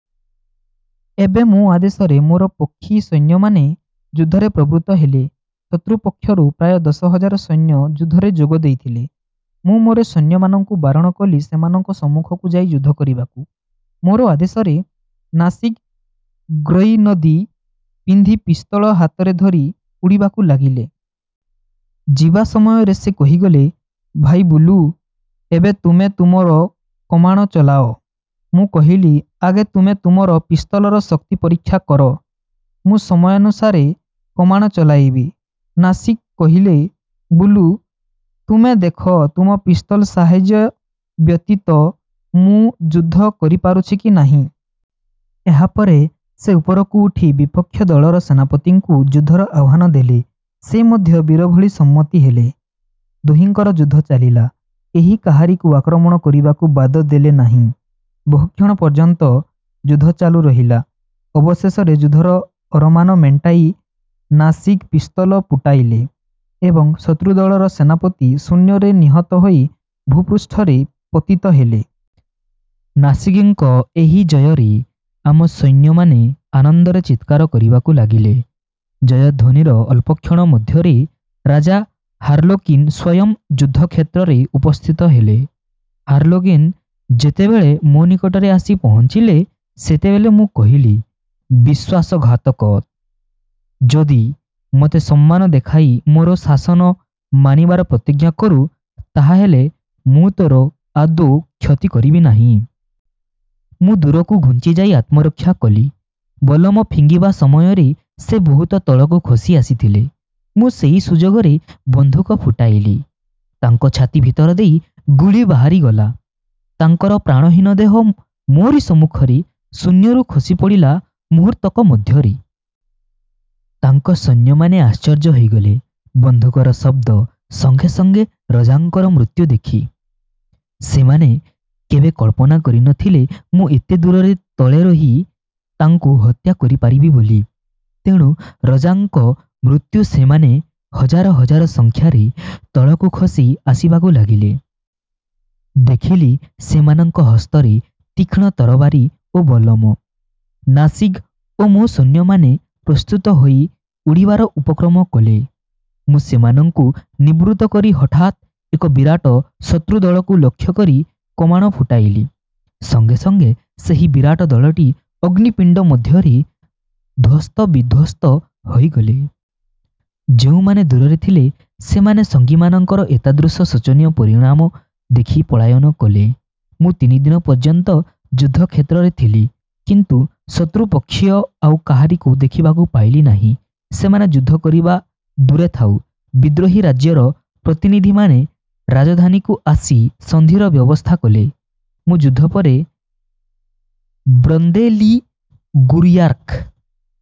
ଏବେ ମୋ ଆଦେଶରେ ମୋର ପକ୍ଷୀ ସୈନ୍ୟମାନେ ଯୁଦ୍ଧରେ ପ୍ରବୃତ୍ତ ହେଲେ। ଶତ୍ରୁପକ୍ଷରୁ ପ୍ରାୟ ଦଶ ହଜାର ସୈନ୍ୟ ଯୁଦ୍ଧରେ ଯୋଗ ଦେଇଥିଲେ। ମୁଁ ମୋର ସୈନ୍ୟମାନଙ୍କୁ ବାରଣ କଲି ସେମାନଙ୍କ ସମ୍ମୁଖକୁ ଯାଇ ଯୁଦ୍ଧ କରିବାକୁ। ମୋର ଆଦେଶରେ ନାସିଗ୍ ଗ୍ରୌନଦି ପିନ୍ଧି ପିସ୍ତଲ ହାତରେ ଧରି ଉଡ଼ିବାକୁ ଲାଗିଲେ। ଯିବା ସମୟରେ ସେ କହିଗଲେ, ଭାଇ ବୁଲୁ! ଏବେ ତୁମେ ତୁମର କମାଣ ଚଳାଅ। ମୁଁ କହିଲି, ଆଗେ ତୁମେ ତୁମର ପିସ୍ତଲର ଶକ୍ତି ପରୀକ୍ଷା କର। ମୁଁ ସମୟାନୁସାରେ କମାଣ ଚଳାଇବି। ନାସିଗ୍ କହିଲେ-ବୁଲୁ ତୁମେ ଦେଖ ତୁମ ପିସ୍ତଲ ସାହାଯ୍ୟ ବ୍ୟତୀତ ମୁଁ ଯୁଦ୍ଧ କରିପାରୁଛି କି ନା? ଏହାପରେ ସେ ଉପରକୁ ଉଠି ବିପକ୍ଷ ଦଳର ସେନାପତିଙ୍କୁ ଯୁଦ୍ଧର ଆହ୍ୱାନ ଦେଲେ। ସେ ମଧ୍ୟ ବୀରଭଳି ସମ୍ମତି ହେଲେ। ଦୁହିଁଙ୍କର ଯୁଦ୍ଧ ଚାଲିଲା। କେହି କାହାରିକୁ ଆକ୍ରମଣ କରିବାକୁ ବାଦ ଦେଲେ ନାହିଁ। ବହୁକ୍ଷଣ ପର୍ଯ୍ୟନ୍ତ ଯୁଦ୍ଧ ଚାଲୁ ରହିଲା। ଅବଶେଷରେ ଯୁଦ୍ଧର ଅରମାନ ମେଣ୍ଟାଇ ନାସିଗ୍ ପିସ୍ତଲ ପୁଟାଇଲେ ଏବଂ ଶତ୍ରୁଦଳର ସେନାପତି ଶୂନ୍ୟରେ ନିହତ ହୋଇ ଭୂପୃଷ୍ଠରେ ପତିତ ହେଲେ। ନାସିଗ୍ଙ୍କ ଏହି ଜୟରେ ଆମ ସୈନ୍ୟମାନେ ଆନନ୍ଦରେ ଚିତ୍କାର କରିବାକୁ ଲାଗିଲେ। ଜୟଧ୍ୱନିର ଅଳ୍ପକ୍ଷଣ ମଧ୍ୟରେ ରାଜା ହାର୍ଲୋକିନ ସ୍ୱୟଂ ଯୁଦ୍ଧକ୍ଷେତ୍ରରେ ଉପସ୍ଥିତ ହେଲେ। ହାର୍ଲୋକିନ ଯେତେବେଳେ ମୋ ନିକଟରେ ଆସି ପହଞ୍ଚିଲେ, ସେତେବେଳେ ମୁଁ କହିଲି, ''ବିଶ୍ୱାସଘାତକ! ଯଦି ମୋତେ ସମ୍ମାନ ଦେଖାଇ ମୋର ଶାସନ ମାନିବାର ପ୍ରତିଜ୍ଞା କରୁ ତାହାହେଲେ ମୁଁ ତୋର ଆଦୌ କ୍ଷତି କରିବି ନାହିଁ। ମୁଁ ଦୂରକୁ ଘୁଞ୍ଚିଯାଇ ଆତ୍ମରକ୍ଷା କଲି। ବଲ୍ଲମ ଫିଙ୍ଗିବା ସମୟରେ ସେ ବହୁତ ତଳକୁ ଖସି ଆସିଥିଲେ। ମୁଁ ସେଇ ସୁଯୋଗରେ ବନ୍ଧୁକ ଫୁଟାଇଲି। ତାଙ୍କ ଛାତି ଭିତର ଦେଇ ଗୁଳି ବାହାରିଗଲା। ତାଙ୍କର ପ୍ରାଣହୀନ ଦେହ ମୋରି ସମ୍ମୁଖରେ ଶୂନ୍ୟରୁ ଖସିପଡ଼ିଲା ମୁହୂର୍ତ୍ତକ ମଧ୍ୟରେ। ତାଙ୍କ ସୈନ୍ୟମାନେ ଆଶ୍ଚର୍ଯ୍ୟ ହୋଇଗଲେ ବନ୍ଧୁକର ଶବ୍ଦ ସଙ୍ଗେ ସଙ୍ଗେ ରଜାଙ୍କର ମୃତ୍ୟୁ ଦେଖି। ସେମାନେ କେବେ କଳ୍ପନା କରିନଥିଲେ ମୁଁ ଏତେ ଦୂରରେ ତଳେ ରହି ତାଙ୍କୁ ହତ୍ୟା କରିପାରିବି ବୋଲି। ତେଣୁ ରଜାଙ୍କ ମୃତ୍ୟୁ ସେମାନେ ହଜାର ହଜାର ସଂଖ୍ୟାରେ ତଳକୁ ଖସି ଆସିବାକୁ ଲାଗିଲେ। ଦେଖିଲି ସେମାନଙ୍କ ହସ୍ତରେ ତୀକ୍ଷ୍ଣ ତରବାରୀ ଓ ବଲ୍ଲମ। ନାସିଗ୍ ଓ ମୋ ସୈନ୍ୟମାନେ ପ୍ରସ୍ତୁତ ହୋଇ ଉଡ଼ିବାର ଉପକ୍ରମ କଲେ। ମୁଁ ସେମାନଙ୍କୁ ନିବୃତ୍ତ କରି ହଠାତ୍ ଏକ ବିରାଟ ଶତ୍ରୁଦଳକୁ ଲକ୍ଷ୍ୟ କରି କମାଣ ଫୁଟାଇଲି। ସଙ୍ଗେ ସଙ୍ଗେ ସେହି ବିରାଟ ଦଳଟି ଅଗ୍ନି ପିଣ୍ଡ ମଧ୍ୟରେ ଧ୍ୱସ୍ତବିଧ୍ୱସ୍ତ ହୋଇଗଲେ। ଯେଉଁମାନେ ଦୂରରେ ଥିଲେ ସେମାନେ ସଙ୍ଗୀମାନଙ୍କର ଏତାଦୃଶ ଶୋଚନୀୟ ପରିଣାମ ଦେଖି ପଳାୟନ କଲେ। ମୁଁ ତିନିଦିନ ପର୍ଯ୍ୟନ୍ତ ଯୁଦ୍ଧକ୍ଷେତ୍ରରେ ଥିଲି, କିନ୍ତୁ ଶତ୍ରୁପକ୍ଷୀୟ ଆଉ କାହାରିକୁ ଦେଖିବାକୁ ପାଇଲି ନାହିଁ। ସେମାନେ ଯୁଦ୍ଧ କରିବା ଦୂରେ ଥାଉ; ବିଦ୍ରୋହୀ ରାଜ୍ୟର ପ୍ରତିନିଧିମାନେ ରାଜଧାନୀକୁ ଆସି ସନ୍ଧିର ବ୍ୟବସ୍ଥା କଲେ। ମୁଁ ଯୁଦ୍ଧ ପରେ ବ୍ରନ୍ଦେଲିଗୁୟାର୍କ